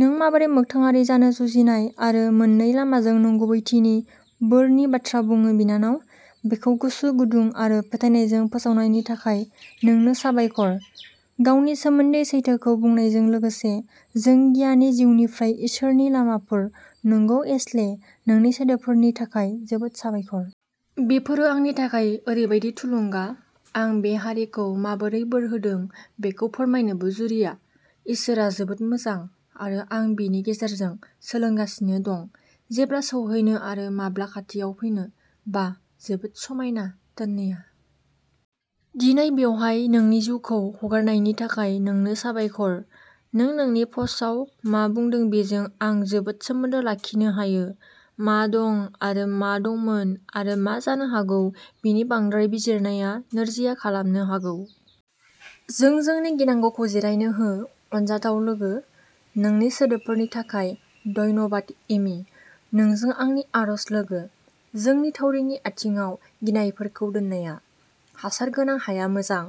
नों माबोरै मोगथाङारि जानो जुजिनाय आरो मोननै लामाजों नंगुबैथिनि बोरनि बाथ्रा बुङो, बिनानाव। बेखौ गोसो गुदुं आरो फोथायनायजों फोसावनायनि थाखाय नोंनो साबायखर, गावनि सोमोन्दै सैथोखौ बुंनायजों लोगोसे। जों गियानि जिउनिफ्राय इसोरनि लामाफोर नंगौ एशले नोंनि सोदोबफोरनि थाखाय जोबोद साबायखर। बेफोरो आंनि थाखाय ओरैबादि थुलुंगा। आं बे हारिखौ माबोरै बोर होदों बेखौ फोरमायनोबो जुरिया। इसोरआ जोबोद मोजां आरो आं बिनि गेजेरजों सोलोंगासिनो दं जेब्ला सौहैनो आरो माब्ला खाथियाव फैनो। बाह जोबोद समायना टन्या। दिनै बेवहाय नोंनि जिउखौ हगारनायनि थाखाय नोंनो साबायखर। नों नोंनि पस्टआव मा बुंदों बेजों आं जोबोद सोमोन्दो लाखिनो हायो। मा दं आरो मा दंमोन आरो मा जानो हागौ बेनि बांद्राय बिजिरनाया नोरजिया खालामनो हागौ। जों जोंनि गिनांगौखौ जिरायनो हो, अनजाथाव लोगो। नोंनि सोदोबफोरनि थाखाय धन्यबाद एमि। नोंजों आंनि आरज लोगो। जोंनि थावरिनि आथिंआव गिनायफोरखौ दोननाया। हासार गोनां हाया मोजां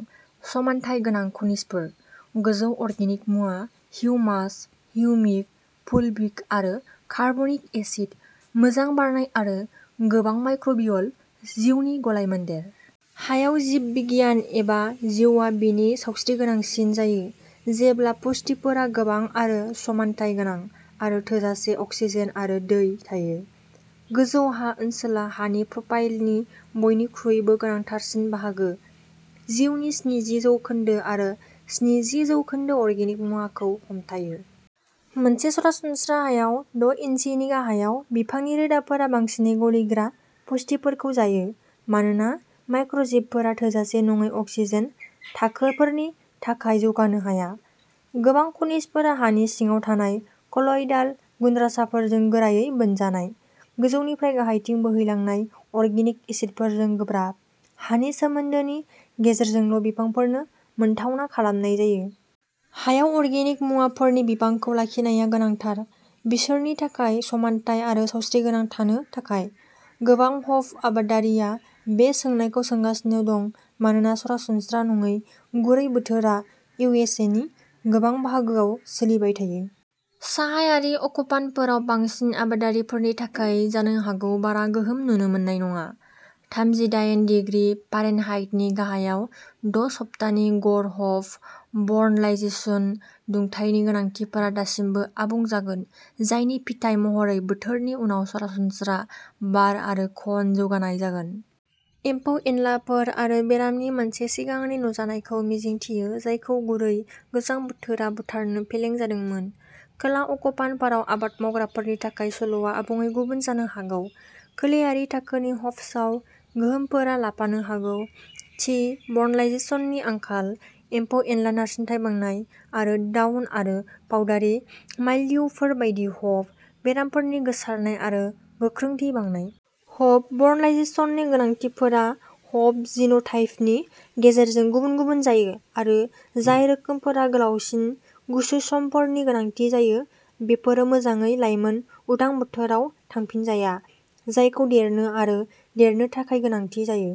समानथाय गोनां खनिजफोर, गोजौ अर्गेनिक मुवा, हिउमास, हिउमिक, फुलभिक आरो कार्बनिक एसिड, मोजां बारनाय आरो गोबां माइक्रोबियल जिउनि गलायमोन्देर। हायाव जिब बिगियान एबा जिउआ बिनि सावस्रिगोनांसिन जायो जेब्ला पुष्टिफोरा गोबां आरो समानथाय गोनां, आरो थोजासे अक्सिजेन आरो दै थायो। गोजौ हा ओनसोला हानि प्रफाइलनि बयनिख्रुइबो गोनांथारसिन बाहागो जिउनि स्निजि जौखोन्दो आरो स्निजि जौखोन्दो अर्गेनिक मुवाखौ हमथायो। मोनसे सरासनस्रा हायाव, द' इन्सिनि गाहायाव बिफांनि रोदाफोरा बांसिनै गलिग्रा पुष्टिफोरखौ जायो मानोना माइक्र'जिबफोरा थोजासे नङै अक्सिजेन थाखोफोरनि थाखाय जौगानो हाया। गोबां खनिजफोरा हानि सिङाव थानाय कल'यडाल गुनद्रासाफोरजों गोरायै बोनजानाय, गोजौनिफ्राय गाहायथिं बोहैलांनाय अर्गेनिक एसिडफोरजों गोब्राब हानि सोमोन्दोनि गेजेरजोंल' बिफांफोरनो मोनथावना खालामनाय जायो। हायाव अर्गेनिक मुवाफोरनि बिबांखौ लाखिनाया गोनांथार। बिसोरनि थाखाय समानथाय आरो सावस्रिगोनां थानो थाखाय। गोबां हप आबादारिया बे सोंनायखौ सोंगासिनो दं मानोना सरासनस्रा नङै गुरै बोथोरा इउ एस ए नि गोबां बाहागोआव सोलिबाय थायो। साहायारि अक्षफानफोराव बांसिन आबादगिरिफोरनि थाखाय जानो हागौ बारा गोहोम नुनो मोननाय नङा। थामजिदायेन दिग्रि फारेनहाइटनि गाहायाव द' सप्तानि गर हप वर्नलाइजेशन दुंथायनि गोनांथिफोरा दासिमबो आबुं जागोन, जायनि फिथाय महरै बोथोरनि उनाव सरासनस्रा बार आरो कन जौगानाय जागोन। एम्फौ एनलाफोर आरो बेरामनि मोनसे सिगांनि नुजानायखौ मिजिंथियो जायखौ गुरै गोजां बोथोरा बुथारनो फेलें जादोंमोन। खोला अक्षफानफोराव आबाद मावग्राफोरनि थाखाय सल'आ आबुङै गुबुन जानो हागौ। खोलायारि थाखोनि हप्सआव गोहोमफोरा लाफानो हागौ थि वर्नलाइजेशननि आंखाल, एम्फौ-एनला नारसिनथाय बांनाय, आरो डाउन आरो पाउडारि माइल्ड्युफोर बायदि हप बेरामफोरनि गोसारनाय आरो गोख्रोंथि बांनाय। हप वर्नलाइजेशननि गोनांथिफोरा हप जिन'टाइपनि गेजेरजों गुबुन-गुबुन जायो आरो जाय रोखोमफोरा गोलावसिन गुसु समफोरनि गोनांथि जायो बेफोरो मोजाङै लायमोन उदां बोथोराव थांफिनजाया जायखौ देरनो आरो देरनो थाखाय गोनांथि जायो।